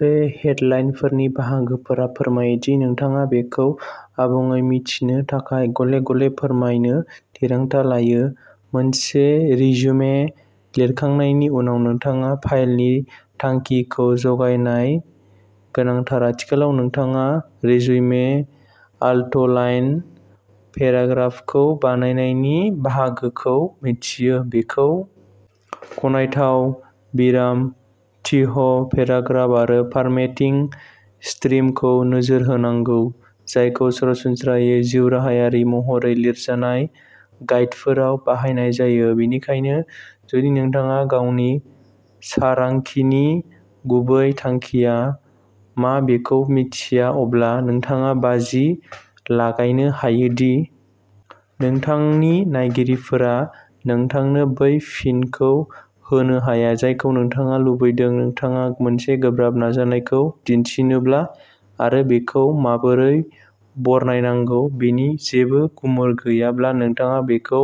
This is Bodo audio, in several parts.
बे हेडलाइनफोरनि बाहागोफोरा फोरमायो दि नोंथाङा बेखौ आबुङै मिथिनो थाखाय गले गले फोरमायनो थिरांथा लायो मोनसे रिज्युमे लिरखांनायनि उनाव नोंथाङा फाइलनि थांखिखौ जगायनाय गोनांथार आथिखालाव नोंथाङा रिज्युमे आउटलाइन पेराग्राफखौ बानायनायनि बाहागोखौ मिन्थियो बेखौ गनायथाव विराम थिह' पेराग्राफ आरो फरमेटिं स्ट्रिमखौ नोजोर होनांगौ जायखौ सरासनस्रायै जिउराहायारि महरै लिरजानाय गाइडफोराव बाहायनाय जायो बेनिखायनो जुदि नोंथाङा गावनि सारांखिनि गुबै थांखिया मा बेखौ मिन्थिया अब्ला नोंथाङा बाजि लागायनो हायो दि नोंथांनि नायगिरिफोरा नोंथांनो बै फिनखौ होनो हाया जायखौ नोंथाङा लुबैदों नोंथाङा मोनसे गोब्राब नाजानायखौ दिन्थिनोब्ला आरो बेखौ माबोरै बरनायनांगौ बेनि जेबो गुमुर गैयाब्ला नोंथाङा बेखौ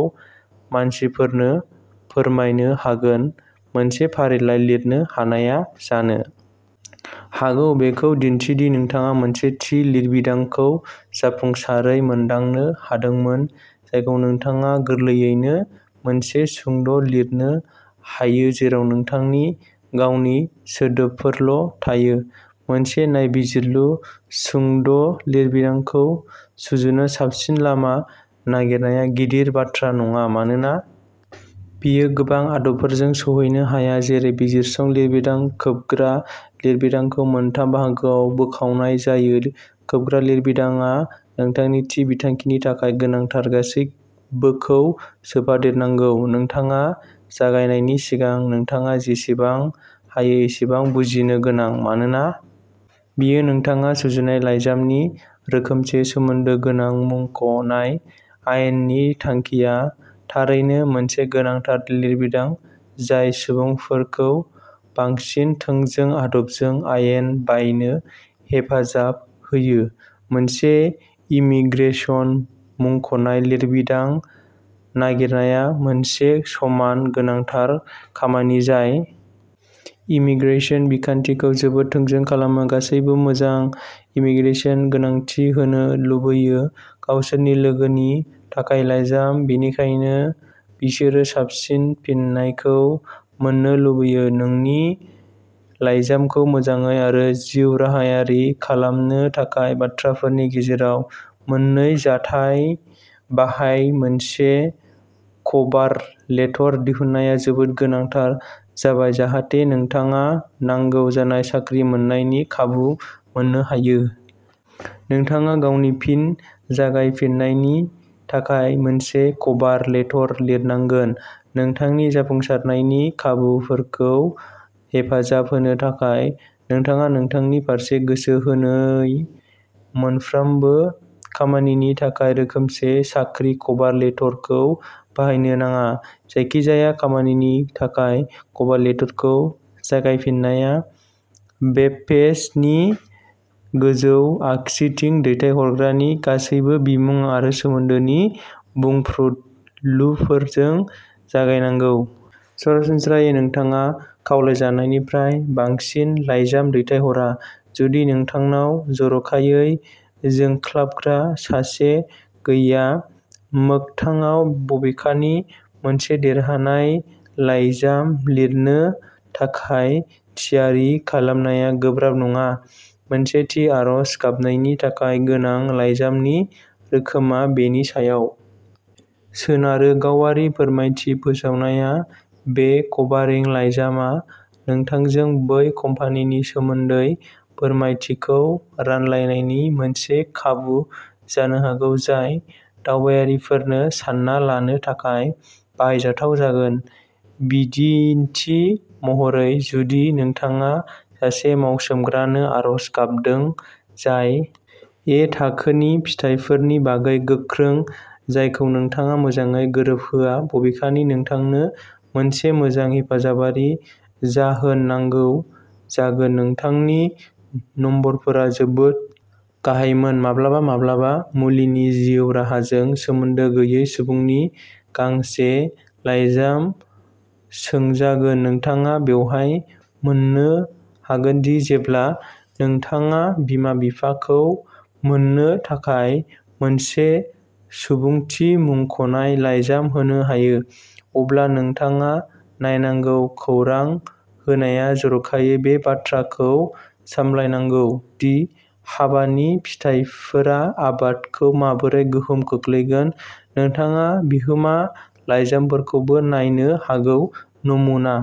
मानसिफोरनो फोरमायनो हागोन मोनसे फारिलाइ लिरनो हानायआ जानो हागौ बेखौ दिन्थि दि नोंथाङा मोनसे थि लिरबिदांखौ जाफुंसारै मोनदांनो हादोंमोन जायखौ नोंथाङा गोरलैयैनो मोनसे सुंद' लिरनो हायो जेराव नोंथांनि गावनि सोदोबफोरल'थायो मोनसे नायबिजिरलु सुंद'लिरबिदांखौ सुजुनो साबसिन लामा नागिरनाया गिदिर बाथ्रा नङा मानोना बेयो गोबां आदबफोरजों सौहैनो हाया जेरै बिजिरसं लिरबिदां खोबग्रा लिरबिदांखौ मोनथाम बाहागोआव बोखावनाय जायो खोबग्रा लिरबिदांआ नोंथांनि थि बिथांखिनि थाखाय गोनांथार गासैबोखौ सोफादेरनांगौ नोंथाङा जागायनायनि सिगां नोंथाङा जेसेबां हायो एसेबां बुजिनो गोनां मानोना बेयो नोंथाङा सुजुनाय लाइजामनि रोखोमजों सोमोन्दो गोनां मुंख'नाय आयेननि थांखिआ थारैनो मोनसे गोनांथार लिरबिदां जाय सुबुंफोरखौ बांसिन थोंजों आदबजों आयेन बायनो हेफाजाब होयो मोनसे इमीग्रेसन मुंख'नाय लिरबिदां नागिरनाया मोनसे समान गोनांथार खामानि जाय इमीग्रेसन बिखान्थिखौ जोबोद थोंजों खालामो गासैबो मोजां इमीग्रेसन गोनांथि होनो लुबैयो गावसोरनि लोगोनि थाखाय लाइजाम बेनिखायनो बिसोरो साबसिन फिननायखौ मोन्नो लुबैयो नोंनि लाइजामखौ मोजाङै आरो जिउराहायारि खालामनो थाखाय बाथ्राफोरनि गेजेराव मोननै जानथाय बाहाय मोनसे कभारलेटर दिहुननाया जोबोद गोनांथार जाबाय जाहाथे नोंथाङा नांगौ जानाय साख्रि मोन्नायनि खाबुखौ मोननो हायो। नोंथाङा गावनि फिन जागायफिन्नायनि थाखाय मोनसे कभार लेटर लिरनांगोन। नोंथांनि जाफुंसारनायनि खाबुफोरखौ हेफाजाब होनो थाखाय, नोंथाङा नोंथांनि फारसे गोसो होनाय मोनफ्रोमबो खामानिनि थाखाय रोखोमसे साख्रि कभार लेटरखौ बाहायनो नाङा। जायखिजाया खामानिनि थाखाय कभार लेटरखौ जागायफिननाया वेबपेजनि गोजौ आगसिथिं दैथायहरग्रानि गासैबो बिमुं आरो सोमोन्दोनि बुंफ्रुदलुफोरजों जागायनांगौ। सरासनस्रायै नोंथाङा खावलायजानायनिफ्राय बांसिन लाइजाम दैथायहरा जुदि नोंथांनाव जर'खायै जोंख्लाबग्रा सासे गैया मोगथाङाव बबेखानि मोनसे देरहानाय लाइजाम लिरनो थाखाय थियारि खालामनाया गोब्राब नङा। मोनसे थि आर'ज गाबनायनि थाखाय गोनां लाइजामनि रोखोमआ बेनि सायाव सोनारो गावारि फोरमायथि फोसावनाया बे कभारिं लाइजामआ नोंथांजों बै कम्पानिनि सोमोन्दै फोरमायथिखौ रानलायनायनि मोनसे खाबु जानो हागौ जाय दावबायारिफोरनो सानना लानो थाखाय बाहायजाथाव जागोन बिदिन्थि महरै जुदि नोंथाङा सासे मावसोमग्रानो आर'ज गाबदों जाय ए थाखोनि फिथायफोरनि बागै गोख्रों जायखौ नोंथाङा मोजाङै गोरोबहोआ बबेखानि नोंथांनो मोनसे मोजां हेफाजाबारि जाहोन नांगौ जागोन नोंथांनि नम्बरफोरा जोबोद गाहायमोन माब्लाबा माब्लाबा मुलिनि जिउ राहाजों सोमोन्दो गैयै सुबुंनि गांसे लाइजाम सोंजागोन नोंथाङा बेवहाय मोननो हागोन दि जेब्ला नोंथाङा बिमा बिफाखौ मोननो थाखाय मोनसे सुबुंथि मुंख'नाय लाइजाम होनो हायो अब्ला नोंथाङा नायनांगौ खौरां होनाया जर'खायै बे बाथ्राखौ सामलायनांगौ दि हाबानि फिथायफोरा आफादखौ माबोरै गोहोम खोख्लैगोन नोंथाङा बिहोमा लाइजामफोरखौबो नायनो हागौ नमुना।